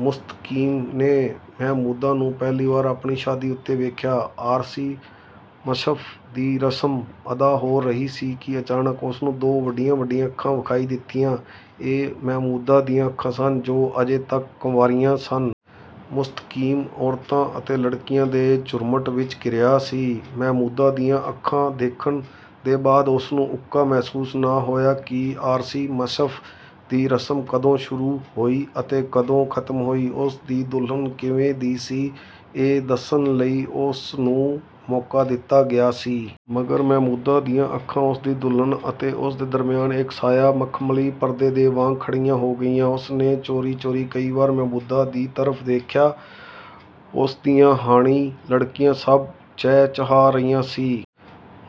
ਮੁਸਤਕੀਮ ਨੇ ਮਹਿਮੂਦਾ ਨੂੰ ਪਹਿਲੀ ਵਾਰ ਆਪਣੀ ਸ਼ਾਦੀ ਉੱਤੇ ਵੇਖਿਆ। ਆਰਸੀ ਮਸਹਫ਼ ਦੀ ਰਸਮ ਅਦਾ ਹੋ ਰਹੀ ਸੀ ਕਿ ਅਚਾਨਕ ਉਸ ਨੂੰ ਦੋ ਵੱਡੀਆਂ-ਵੱਡੀਆਂ ਅੱਖਾਂ ਵਿਖਾਈ ਦਿੱਤੀਆਂ। ਇਹ ਮਹਿਮੂਦਾ ਦੀਆਂ ਅੱਖਾਂ ਸਨ ਜੋ ਅਜੇ ਤੱਕ ਕੰਵਾਰੀਆਂ ਸਨ। ਮੁਸਤਕੀਮ, ਔਰਤਾਂ ਅਤੇ ਲੜਕੀਆਂ ਦੇ ਝੁਰਮੁਟ ਵਿੱਚ ਘਿਰਿਆ ਸੀ। ਮਹਿਮੂਦਾ ਦੀਆਂ ਅੱਖਾਂ ਦੇਖਣ ਦੇ ਬਾਅਦ ਉਸਨੂੰ ਉੱਕਾ ਮਹਿਸੂਸ ਨਾ ਹੋਇਆ ਕਿ ਆਰਸੀ ਮਸਹਫ਼ ਦੀ ਰਸਮ ਕਦੋਂ ਸ਼ੁਰੂ ਹੋਈ ਅਤੇ ਕਦੋਂ ਖ਼ਤਮ ਹੋਈ। ਉਸ ਦੀ ਦੁਲਹਨ ਕਿਵੇਂ ਦੀ ਸੀ, ਇਹ ਦੱਸਣ ਲਈ ਉਸ ਨੂੰ ਮੌਕਾ ਦਿੱਤਾ ਗਿਆ ਸੀ। ਮਗਰ ਮਹਿਮੂਦਾ ਦੀਆਂ ਅੱਖਾਂ ਉਸ ਦੀ ਦੁਲਹਨ ਅਤੇ ਉਸ ਦੇ ਦਰਮਿਆਨ ਇੱਕ ਸਾਇਆ ਮਖ਼ਮਲੀ ਪਰਦੇ ਦੇ ਵਾਂਗ ਖੜੀਆਂ ਹੋ ਗਈਆਂ। ਉਸ ਨੇ ਚੋਰੀ-ਚੋਰੀ ਕਈ ਵਾਰ ਮਹਿਮੂਦਾ ਦੀ ਤਰਫ਼ ਵੇਖਿਆ। ਉਸ ਦੀਆਂ ਹਾਣੀ ਲੜਕੀਆਂ ਸਭ ਚਹਿ-ਚਹਾ ਰਹੀਆਂ ਸੀ।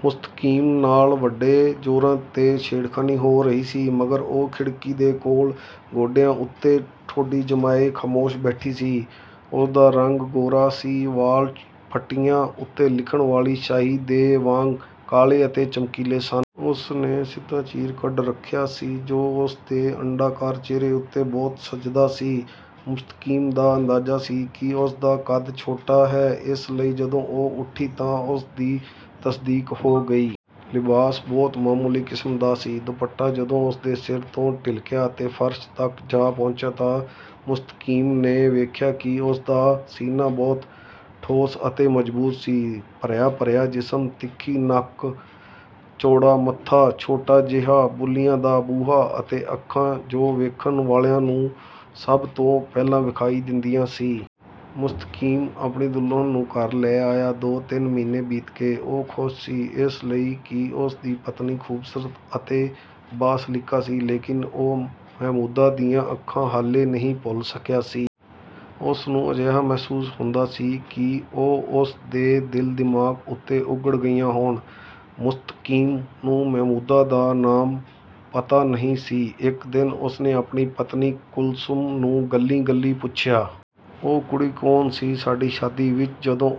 ਮੁਸਤਕੀਮ ਨਾਲ ਵੱਡੇ ਜੋਰਾਂ ਤੇ ਛੇੜਖ਼ਾਨੀ ਹੋ ਰਹੀ ਸੀ। ਮਗਰ ਉਹ ਖਿੜਕੀ ਦੇ ਕੋਲ ਗੋਡਿਆਂ ਉੱਤੇ ਠੋਡੀ ਜਮਾਏ, ਖ਼ਾਮੋਸ਼ ਬੈਠੀ ਸੀ। ਉਸ ਦਾ ਰੰਗ ਗੋਰਾ ਸੀ। ਵਾਲ਼ ਫੱਟੀਆਂ ਉੱਤੇ ਲਿਖਣ ਵਾਲੀ ਸਿਆਹੀ ਦੇ ਵਾਂਗ ਕਾਲੇ ਅਤੇ ਚਮਕੀਲੇ ਸਨ। ਉਸ ਨੇ ਸਿੱਧਾ ਚੀਰ ਕੱਢ ਰੱਖਿਆ ਸੀ ਜੋ ਉਸ ਦੇ ਅੰਡਾਕਾਰ ਚਿਹਰੇ ਉੱਤੇ ਬਹੁਤ ਸਜਦਾ ਸੀ। ਮੁਸਤਕੀਮ ਦਾ ਅੰਦਾਜ਼ਾ ਸੀ ਕਿ ਉਸ ਦਾ ਕਦ ਛੋਟਾ ਹੈ ਇਸ ਲਈ ਜਦੋਂ ਉਹ ਉੱਠੀ ਤਾਂ ਉਸ ਦੀ ਤਸਦੀਕ ਹੋ ਗਈ। ਲਿਬਾਸ ਬਹੁਤ ਮਾਮੂਲੀ ਕਿਸਮ ਦਾ ਸੀ। ਦੁਪੱਟਾ ਜਦੋਂ ਉਸ ਦੇ ਸਿਰ ਤੋਂ ਢਿਲਕਿਆ ਅਤੇ ਫ਼ਰਸ਼ ਤੱਕ ਜਾ ਪਹੁੰਚਿਆ ਤਾਂ ਮੁਸਤਕੀਮ ਨੇ ਵੇਖਿਆ ਕਿ ਉਸ ਦਾ ਸੀਨਾ ਬਹੁਤ ਠੋਸ ਅਤੇ ਮਜ਼ਬੂਤ ਸੀ। ਭਰਿਆ-ਭਰਿਆ ਜਿਸਮ, ਤਿੱਖੀ ਨੱਕ, ਚੌੜਾ ਮੱਥਾ, ਛੋਟਾ ਜਿਹਾ ਬੁੱਲ੍ਹੀਆਂ ਦਾ ਬੂਹਾ ਅਤੇ ਅੱਖਾਂ ਜੋ ਵੇਖਣ ਵਾਲਿਆਂ ਨੂੰ ਸਭ ਤੋਂ ਪਹਿਲਾਂ ਵਿਖਾਈ ਦਿੰਦੀਆਂ ਸੀ। ਮੁਸਤਕੀਮ ਆਪਣੀ ਦੁਲਹਨ ਨੂੰ ਘਰ ਲੈ ਆਇਆ। ਦੋ ਤਿੰਨ ਮਹੀਨੇ ਬੀਤ ਗਏ। ਉਹ ਖ਼ੁਸ਼ ਸੀ, ਇਸ ਲਈ ਕਿ ਉਸ ਦੀ ਪਤਨੀ ਖ਼ੂਬਸੂਰਤ ਅਤੇ ਬਾ-ਸਲੀਕਾ ਸੀ। ਲੇਕਿਨ ਉਹ ਮਹਿਮੂਦਾ ਦੀਆਂ ਅੱਖਾਂ ਹਾਲੇ ਨਹੀਂ ਭੁੱਲ ਸਕਿਆ ਸੀ। ਉਸ ਨੂੰ ਅਜਿਹਾ ਮਹਿਸੂਸ ਹੁੰਦਾ ਸੀ ਕਿ ਉਹ ਉਸ ਦੇ ਦਿਲ-ਦਿਮਾਗ਼ ਉੱਤੇ ਉਘੜ ਗਈਆਂ ਹੋਣ। ਮੁਸਤਕੀਮ ਨੂੰ ਮਹਿਮੂਦਾ ਦਾ ਨਾਮ ਪਤਾ ਨਹੀਂ ਸੀ। ਇੱਕ ਦਿਨ ਉਸ ਨੇ ਆਪਣੀ ਪਤਨੀ, ਕੁਲਸੁਮ ਨੂੰ ਗੱਲੀਂ-ਗੱਲੀਂ ਪੁੱਛਿਆ। " ਉਹ ਕੁੜੀ ਕੌਣ ਸੀ ਸਾਡੀ ਸ਼ਾਦੀ ਵਿੱਚ ਜਦੋਂ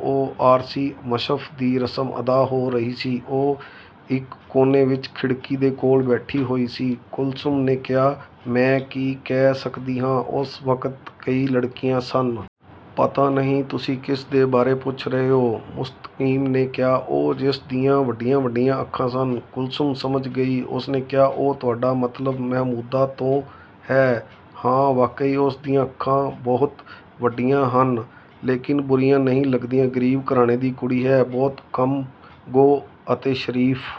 ਆਰਸੀ ਮਸਹਫ਼ ਦੀ ਰਸਮ ਅਦਾ ਹੋ ਰਹੀ ਸੀ, ਉਹ ਇੱਕ ਕੋਨੇ ਵਿੱਚ ਖਿੜਕੀ ਦੇ ਕੋਲ ਬੈਠੀ ਹੋਈ ਸੀ। "ਕੁਲਸੁਮ ਨੇ ਕਿਹਾ ਮੈਂ ਕੀ ਕਹਿ ਸਕਦੀ ਹਾਂ ਉਸ ਵਕਤ ਕਈ ਲੜਕੀਆਂ ਸਨ। ਪਤਾ ਨਹੀਂ ਤੁਸੀਂ ਕਿਸ ਦੇ ਬਾਰੇ ਪੁੱਛ ਰਹੇ ਹੋ। " ਮੁਸਤਕੀਮ ਨੇ ਕਿਹਾ," ਉਹ ਜਿਸ ਦੀਆਂ ਵੱਡੀਆਂ-ਵੱਡੀਆਂ ਅੱਖਾਂ ਸਨ। "ਕੁਲਸੁਮ ਸਮਝ ਗਈ ਉਸਨੇ ਕਿਹਾ, "ਓਹ ਤੁਹਾਡਾ ਮਤਲਬ ਮਹਿਮੂਦਾ ਤੋਂ ਹੈ, ਹਾਂ ਵਾਕਈ ਉਸ ਦੀਆਂ ਅੱਖਾਂ ਬਹੁਤ ਵੱਡੀਆਂ ਹਨ, ਲੇਕਿਨ ਬੁਰੀਆਂ ਨਹੀਂ ਲੱਗਦੀਆਂ ਗ਼ਰੀਬ ਘਰਾਣੇ ਦੀ ਕੁੜੀ ਹੈ। ਬਹੁਤ ਕਮ ਗੋ ਅਤੇ ਸ਼ਰੀਫ